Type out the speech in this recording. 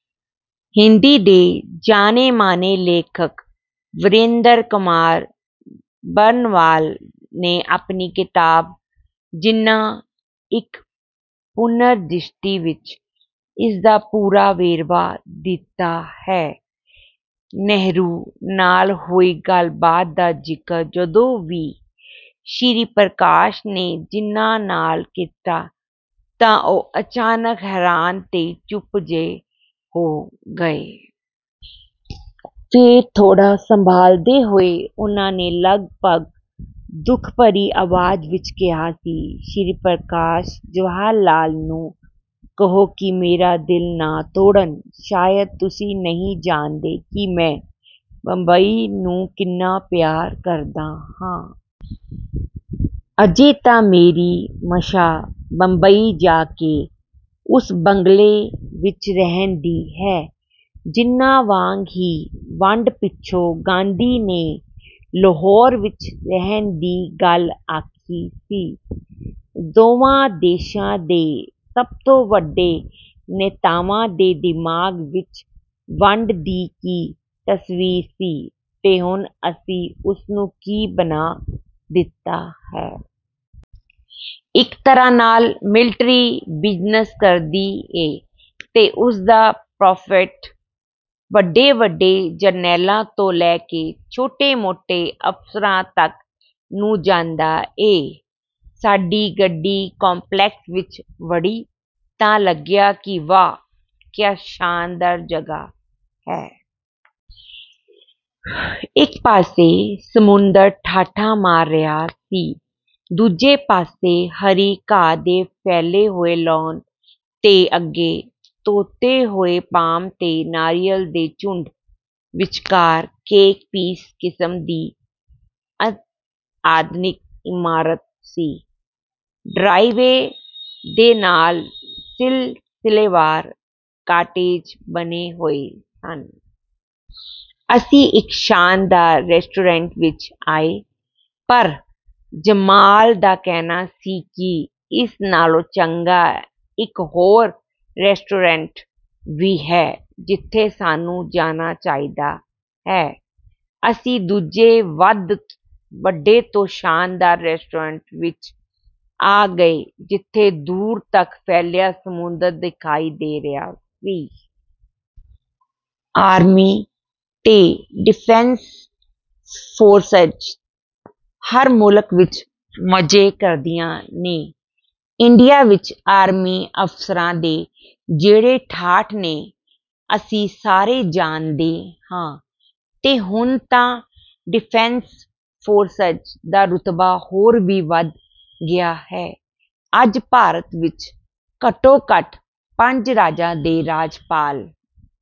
ਹਿੰਦੀ ਦੇ ਜਾਣੇ-ਮਾਣੇ ਲੇਖਕ ਵੀਰੇਂਦਰ ਕੁਮਾਰ ਬਰਨਵਾਲ ਨੇ ਆਪਣੀ ਕਿਤਾਬ 'ਜਿੱਨਾ: ਇੱਕ ਪੁਨਰਦ੍ਰਿਸ਼ਟੀ' ਵਿੱਚ ਇਸ ਦਾ ਪੂਰਾ ਵੇਰਵਾ ਦਿੱਤਾ ਹੈ—"ਨਹਿਰੂ ਨਾਲ ਹੋਈ ਗੱਲਬਾਤ ਦਾ ਜ਼ਿਕਰ ਜਦੋਂ ਵੀ ਸ਼੍ਰੀ ਪ੍ਰਕਾਸ਼ ਨੇ ਜਿੱਨਾ ਨਾਲ ਕੀਤਾ, ਤਾਂ ਉਹ ਅਚਾਨਕ ਹੈਰਾਨ ਤੇ ਚੁੱਪ ਜਿਹੇ ਹੋ ਗਏ। ਫੇਰ ਥੋੜ੍ਹਾ ਸੰਭਲਦੇ ਹੋਏ ਉਹਨਾਂ ਨੇ ਲਗਭਗ ਦੁੱਖ ਭਰੀ ਆਵਾਜ਼ ਵਿੱਚ ਕਿਹਾ ਸੀ, 'ਸ਼੍ਰੀ ਪ੍ਰਕਾਸ਼, ਜਵਾਹਰਲਾਲ ਨੂੰ ਕਹੋ ਕਿ ਮੇਰਾ ਦਿਲ ਨਾ ਤੋੜਨ। ਸ਼ਾਇਦ ਤੁਸੀਂ ਨਹੀਂ ਜਾਣਦੇ ਕਿ ਮੈਂ ਬੰਬਈ ਨੂੰ ਕਿੰਨਾ ਪਿਆਰ ਕਰਦਾ ਹਾਂ। ਅਜੇ ਤਾਂ ਮੇਰੀ ਮੰਸ਼ਾ ਬੰਬਈ ਜਾ ਕੇ ਉਸ ਬੰਗਲੇ ਵਿੱਚ ਰਹਿਣ ਦੀ ਹੈ।'" ਜਿੱਨਾ ਵਾਂਗ ਹੀ ਵੰਡ ਪਿੱਛੋਂ ਗਾਂਧੀ ਨੇ ਲਾਹੌਰ ਵਿੱਚ ਰਹਿਣ ਦੀ ਗੱਲ ਆਖੀ ਸੀ। ਦੋਵਾਂ ਦੇਸ਼ਾਂ ਦੇ ਸਭ ਤੋਂ ਵੱਡੇ ਨੇਤਾਵਾਂ ਦੇ ਦਿਮਾਗ਼ ਵਿੱਚ ਵੰਡ ਦੀ ਕੀ ਤਸਵੀਰ ਸੀ ਤੇ ਹੁਣ ਅਸੀਂ ਉਸਨੂੰ ਕੀ ਬਣਾ ਦਿੱਤਾ ਹੈ। ਇੱਕ ਤਰ੍ਹਾਂ ਨਾਲ ਮਿਲਟਰੀ ਬਿਜ਼ਨਸ ਕਰਦੀ ਏ ਤੇ ਉਸਦਾ 'ਪ੍ਰਾਫ਼ਿਟ' ਵੱਡੇ-ਵੱਡੇ ਜਰਨੈਲਾਂ ਤੋਂ ਲੈ ਕੇ ਛੋਟੇ-ਮੋਟੇ ਅਫ਼ਸਰਾਂ ਤੱਕ ਨੂੰ ਜਾਂਦਾ ਏ।" ਸਾਡੀ ਗੱਡੀ ਕੰਪਲੈਕਸ ਵਿੱਚ ਵੜੀ ਤਾਂ ਲੱਗਿਆ ਕਿ ਵਾਹ, ਕਿਆ ਸ਼ਾਨਦਾਰ ਜਗ੍ਹਾ ਹੈ। ਇੱਕ ਪਾਸੇ ਸਮੁੰਦਰ ਠਾਠਾਂ ਮਾਰ ਰਿਹਾ ਸੀ। ਦੂਜੇ ਪਾਸੇ ਹਰੀ ਘਾਹ ਦੇ ਫੈਲੇ ਹੋਏ ਲਾਨ ਤੇ ਅੱਗੇ ਧੋਤੇ ਹੋਏ ਪਾਮ ਤੇ ਨਾਰੀਅਲ ਦੇ ਝੁੰਡ। ਵਿਚਕਾਰ 'ਕੇਕ ਪੀਸ' ਕਿਸਮ ਦੀ ਅਤਿ-ਆਧੁਨਿਕ ਇਮਾਰਤ ਸੀ। ਡਰਾਈਵ-ਵੇ ਦੇ ਨਾਲ ਸਿਲਸਿਲੇਵਾਰ ਕਾਟੇਜ ਬਣੇ ਹੋਏ ਸਨ। ਅਸੀਂ ਇੱਕ ਸ਼ਾਨਦਾਰ ਰੈਸਟੋਰੈਂਟ ਵਿੱਚ ਆਏ, ਪਰ ਜਮਾਲ ਦਾ ਕਹਿਣਾ ਸੀ ਕਿ ਇਸ ਨਾਲੋਂ ਚੰਗਾ ਇੱਕ ਹੋਰ ਰੈਸਟੋਰੈਂਟ ਵੀ ਹੈ, ਜਿੱਥੇ ਸਾਨੂੰ ਜਾਣਾ ਚਾਹੀਦਾ ਹੈ। ਅਸੀਂ ਦੂਜੇ, ਵੱਧ ਵੱਡੇ ਤੋ ਸ਼ਾਨਦਾਰ ਰੈਸਟੋਰੈਂਟ ਵਿੱਚ ਆ ਗਏ, ਜਿੱਥੋਂ ਦੂਰ ਤੱਕ ਫੈਲਿਆ ਸਮੁੰਦਰ ਦਿਖਾਈ ਦੇ ਰਿਹਾ ਸੀ। ਆਰਮੀ ਤੇ ਡਿਫੈਂਸ ਫੋਰਸਜ਼ ਹਰ ਮੁਲਕ ਵਿੱਚ ਮਜ਼ੇ ਕਰਦੀਆਂ ਨੇ। ਇੰਡੀਆ ਵਿੱਚ ਆਰਮੀ ਅਫ਼ਸਰਾਂ ਦੇ ਜਿਹੜੇ ਠਾਠ ਨੇ, ਅਸੀਂ ਸਾਰੇ ਜਾਣਦੇ ਹਾਂ। ਤੇ ਹੁਣ ਤਾਂ ਡਿਫੈਂਸ ਫੋਰਸਜ਼ ਦਾ ਰੁਤਬਾ ਹੋਰ ਵੀ ਵਧ ਗਿਆ ਹੈ। ਅੱਜ ਭਾਰਤ ਵਿੱਚ ਘੱਟੋ-ਘੱਟ ਪੰਜ ਰਾਜਾਂ ਦੇ ਰਾਜਪਾਲ...